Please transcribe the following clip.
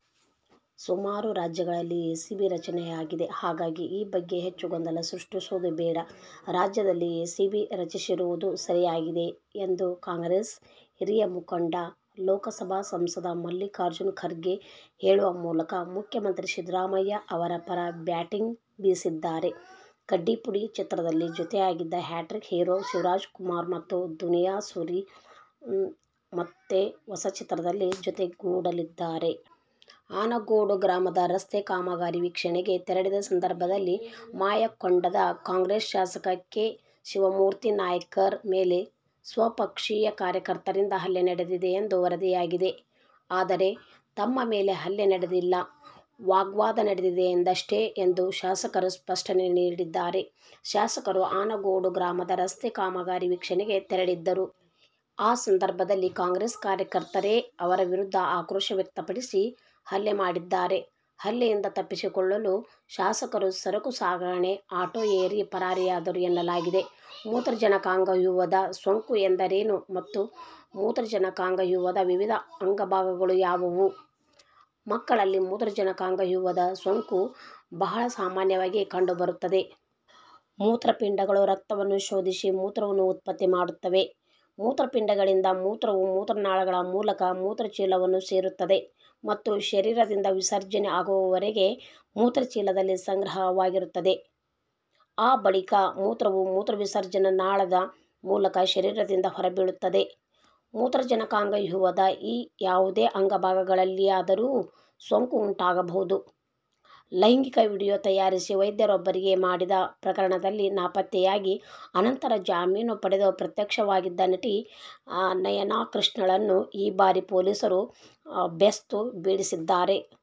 ಸುಮಾರು ರಾಜ್ಯಗಳಲ್ಲಿ ಎಸಿಬಿ ರಚನೆಯಾಗಿದೆ. ಹಾಗಾಗಿ ಈ ಬಗ್ಗೆ ಹೆಚ್ಚು ಗೊಂದಲ ಸೃಷ್ಟಿಸೋದು ಬೇಡ. ರಾಜ್ಯದಲ್ಲಿ ಎಸಿಬಿ ರಚಿಸಿರುವುದು ಸರಿಯಾಗಿದೆ ಎಂದು ಕಾಂಗ್ರೆಸ್ ಹಿರಿಯ ಮುಖಂಡ, ಲೋಕಸಭಾ ಸಂಸದ ಮಲ್ಲಿಕಾರ್ಜುನ ಖರ್ಗೆ ಹೇಳುವ ಮೂಲಕ ಮುಖ್ಯಮಂತ್ರಿ ಸಿದ್ದರಾಮಯ್ಯ ಅವರ ಪರ ಬ್ಯಾಟಿಂಗ್ ಬೀಸಿದ್ದಾರೆ. 'ಕಡ್ಡಿಪುಡಿ' ಚಿತ್ರದಲ್ಲಿ ಜೊತೆಯಾಗಿದ್ದ ಹ್ಯಾಟ್ರಿಕ್ ಹೀರೊ ಶಿವರಾಜ್ ಕುಮಾರ್ ಮತ್ತು ದುನಿಯಾ ಸೂರಿ ಮತ್ತೆ ಹೊಸ ಚಿತ್ರದಲ್ಲಿ ಜೊತೆಗೂಡಲಿದ್ದಾರೆ. ಆನಗೋಡು ಗ್ರಾಮದ ರಸ್ತೆ ಕಾಮಗಾರಿ ವೀಕ್ಷಣೆಗೆ ತೆರಳಿದ ಸಂದರ್ಭದಲ್ಲಿ ಮಾಯಕೊಂಡದ ಕಾಂಗ್ರೆಸ್ ಶಾಸಕ ಕೆ. ಶಿವಮೂರ್ತಿ ನಾಯ್ಕರ ಮೇಲೆ ಸ್ವಪಕ್ಷೀಯ ಕಾರ್ಯಕರ್ತರಿಂದ ಹಲ್ಲೆ ನಡೆದಿದೆ ಎಂದು ವರದಿಯಾಗಿದೆ. ಆದರೆ, ತಮ್ಮ ಮೇಲೆ ಹಲ್ಲೆ ನಡೆದಿಲ್ಲ. ವಾಗ್ವಾದ ನಡೆದಿದೆಯಷ್ಟೇ ಎಂದು ಶಾಸಕರು ಸ್ಪಷ್ಟನೆ ನೀಡಿದ್ದಾರೆ. ಶಾಸಕರು ಆನಗೋಡು ಗ್ರಾಮದ ರಸ್ತೆ ಕಾಮಗಾರಿ ವೀಕ್ಷಣೆಗೆ ತೆರಳಿದ್ದರು. ಆ ಸಂದರ್ಭದಲ್ಲಿ ಕಾಂಗ್ರೆಸ್ ಕಾರ್ಯಕರ್ತರೇ ಅವರ ವಿರುದ್ಧ ಆಕ್ರೋಶ ವ್ಯಕ್ತಪಡಿಸಿ, ಹಲ್ಲೆ ಮಾಡಿದ್ದಾರೆ. ಹಲ್ಲೆಯಿಂದ ತಪ್ಪಿಸಿಕೊಳ್ಳಲು ಶಾಸಕರು ಸರಕು ಸಾಗಣೆ ಆಟೋ ಏರಿ ಪರಾರಿಯಾದರು ಎನ್ನಲಾಗಿದೆ. ಮೂತ್ರಜನಕಾಂಗವ್ಯೂಹದ ಸೋಂಕು ಎಂದರೇನು ಮತ್ತು ಮೂತ್ರಜನಕಾಂಗ ವ್ಯೂಹದ ವಿವಿಧ ಅಂಗಭಾಗಗಳು ಯಾವುವು? ಮಕ್ಕಳಲ್ಲಿ ಮೂತ್ರಜನಕಾಂಗವ್ಯೂಹದ ಸೋಂಕು ಬಹಳ ಸಾಮಾನ್ಯವಾಗಿ ಕಂಡು ಬರುತ್ತದೆ. ಮೂತ್ರಪಿಂಡಗಳು ರಕ್ತವನ್ನು ಶೋಧಿಸಿ ಮೂತ್ರವನ್ನು ಉತ್ಪತ್ತಿ ಮಾಡುತ್ತವೆ; ಮೂತ್ರಪಿಂಡಗಳಿಂದ ಮೂತ್ರವು ಮೂತ್ರನಾಳಗಳ ಮೂಲಕ ಮೂತ್ರಚೀಲವನ್ನು ಸೇರುತ್ತದೆ ಮತ್ತು ಶರೀರದಿಂದ ವಿಸರ್ಜನೆ ಆಗುವವರೆಗೆ ಮೂತ್ರಚೀಲದಲ್ಲಿ ಸಂಗ್ರಹವಾಗಿರುತ್ತದೆ. ಆ ಬಳಿಕ ಮೂತ್ರವು ಮೂತ್ರವಿಸರ್ಜನಾನಾಳದ ಮೂಲಕ ಶರೀರದಿಂದ ಹೊರಬೀಳುತ್ತದೆ. ಮೂತ್ರಜನಕಾಂಗವ್ಯೂಹದ ಈ ಯಾವುದೇ ಅಂಗ-ಭಾಗಗಳಲ್ಲಿಯಾದರೂ ಸೋಂಕು ಉಂಟಾಗಬಹುದು. ಲೈಂಗಿಕ ವಿಡಿಯೋ ತಯಾರಿಸಿ ವೈದ್ಯರೊಬ್ಬರಿಗೆ ಮಾಡಿದ ಪ್ರಕರಣದಲ್ಲಿ ನಾಪತ್ತೆಯಾಗಿ ಅನಂತರ ಜಾಮೀನು ಪಡೆದು ಪ್ರತ್ಯಕ್ಷವಾಗಿದ್ದ ನಟಿ ನಯನಾಕೃಷ್ಣಳನ್ನು ಈ ಬಾರಿ ಪೊಲೀಸರು ಬೇಸ್ತು ಬೀಳಿಸಿದ್ದಾರೆ.